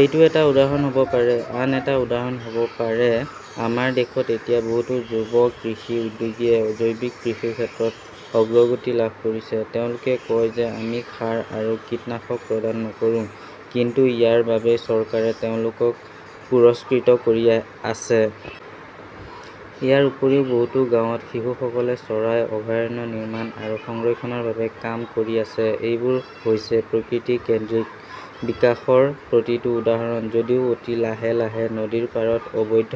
এইটো এটা উদাহৰণ হ’ব পাৰে। আন এটা উদাহৰণ হ’ব পাৰে-আমাৰ দেশত এতিয়া বহুতো যুৱ কৃষি উদ্যোগীয়ে জৈৱিক কৃষিৰ ক্ষেত্ৰত অগ্ৰগতি লাভ কৰিছে। তেওঁলোকে কয় যে আমি সাৰ আৰু কীটনাশক প্ৰদান নকৰো। কিন্তু ইয়াৰ বাবেই চৰকাৰে তেওঁলোকক পুৰস্কৃত কৰি আছে। ইয়াৰ উপৰিও, বহুতো গাঁৱত শিশুসকলে চৰাই অভয়াৰণ্য নিৰ্মাণ আৰু সংৰক্ষণৰ বাবে কাম কৰি আছে। এইবোৰ হৈছে প্ৰকৃতি-কেন্দ্ৰিক বিকাশৰ প্ৰতিটো উদাহৰণ। যদিও অতি লাহে লাহে নদীৰ পাৰত অবৈধ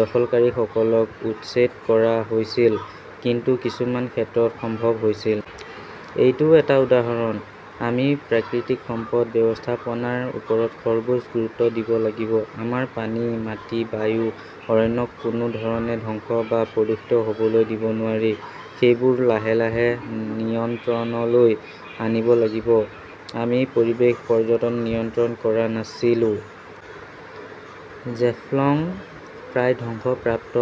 দখলকাৰীসকলক উচ্ছেদ কৰা হৈছিল কিন্তু কিছুমান ক্ষেত্ৰত সম্ভৱ হৈছিল। এইটোও এটা উদাহৰণ। আমি প্ৰাকৃতিক সম্পদ ব্যৱস্থাপনাৰ ওপৰত সৰ্বোচ গুৰুত্ব দিব লাগিব। আমাৰ পানী, মাটি, বায়ু, অৰণ্যক কোনো ধৰণে ধ্বংস বা প্ৰদূষিত হ’বলৈ দিব নোৱাৰি। সেইবোৰ লাহে লাহে নিয়ন্ত্ৰণলৈ আনিব লাগিব। আমি পৰিৱেশ পৰ্যটন নিয়ন্ত্ৰণ কৰা নাছিলো। জেফলঙ প্ৰায় ধ্বংসপ্ৰাপ্ত,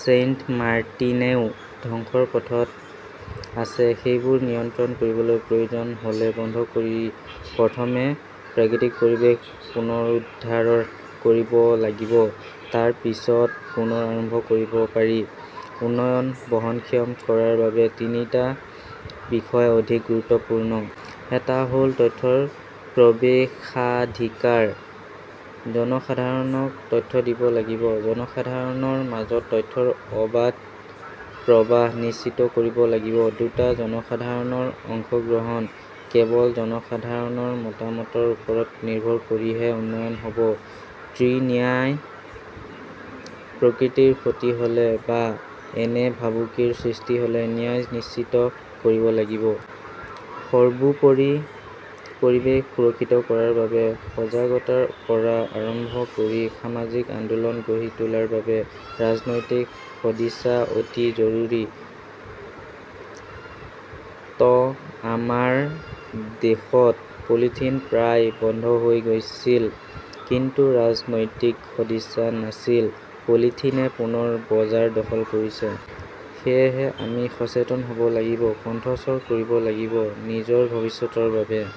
ছেইণ্টমাৰ্টিনেও ধ্বংসৰ পথত আছে। সেইবোৰ নিয়ন্ত্ৰণ কৰিবলৈ প্ৰয়োজন হ’লে বন্ধ কৰি প্ৰথমে প্ৰাকৃতিক পৰিৱেশ পুনৰুদ্ধাৰৰ কৰিব লাগিব। তাৰ পিছত পুনৰ আৰম্ভ কৰিব পাৰি। উন্নয়ন বহনক্ষম কৰাৰ বাবে তিনিটা বিষয় অধিক গুৰুত্বপূৰ্ণ। এটা হ’ল তথ্যৰ প্ৰৱেশাধিকাৰ। জনসাধাৰণক তথ্য দিব লাগিব। জনসাধাৰণৰ মাজত তথ্যৰ অবাধ প্ৰৱাহ নিশ্চিত কৰিব লাগিব. দুটা. জনসাধাৰণৰ অংশগ্ৰহণ। কেৱল জনসাধাৰণৰ মতামতৰ ওপৰত নিৰ্ভৰ কৰিহে উন্নয়ন হ’ব। ত্ৰি. ন্যায়. প্ৰকৃতিৰ ক্ষতি হ’লে বা এনে ভাবুকিৰ সৃষ্টি হ’লে ন্যায় নিশ্চিত কৰিব লাগিব। সৰ্বোপৰি, পৰিৱেশ সুৰক্ষিত কৰাৰ বাবে সজাগতাৰ পৰা আৰম্ভ কৰি সামাজিক আন্দোলন গঢ়ি তোলাৰ বাবে ৰাজনৈতিক সদিচ্ছা অতি জৰুৰী। ত আমাৰ দেশত পলিথিন প্ৰায় বন্ধ হৈ গৈছিল। কিন্তু ৰাজনৈতিক সদিচ্ছা নাছিল। পলিথিনে পুনৰ বজাৰ দখল কৰিছে। সেয়েহে আমি সচেতন হ 'ব লাগিব, কণ্ঠস্বৰ কৰিব লাগিব। নিজৰ, ভৱিষ্যতৰ বাবে।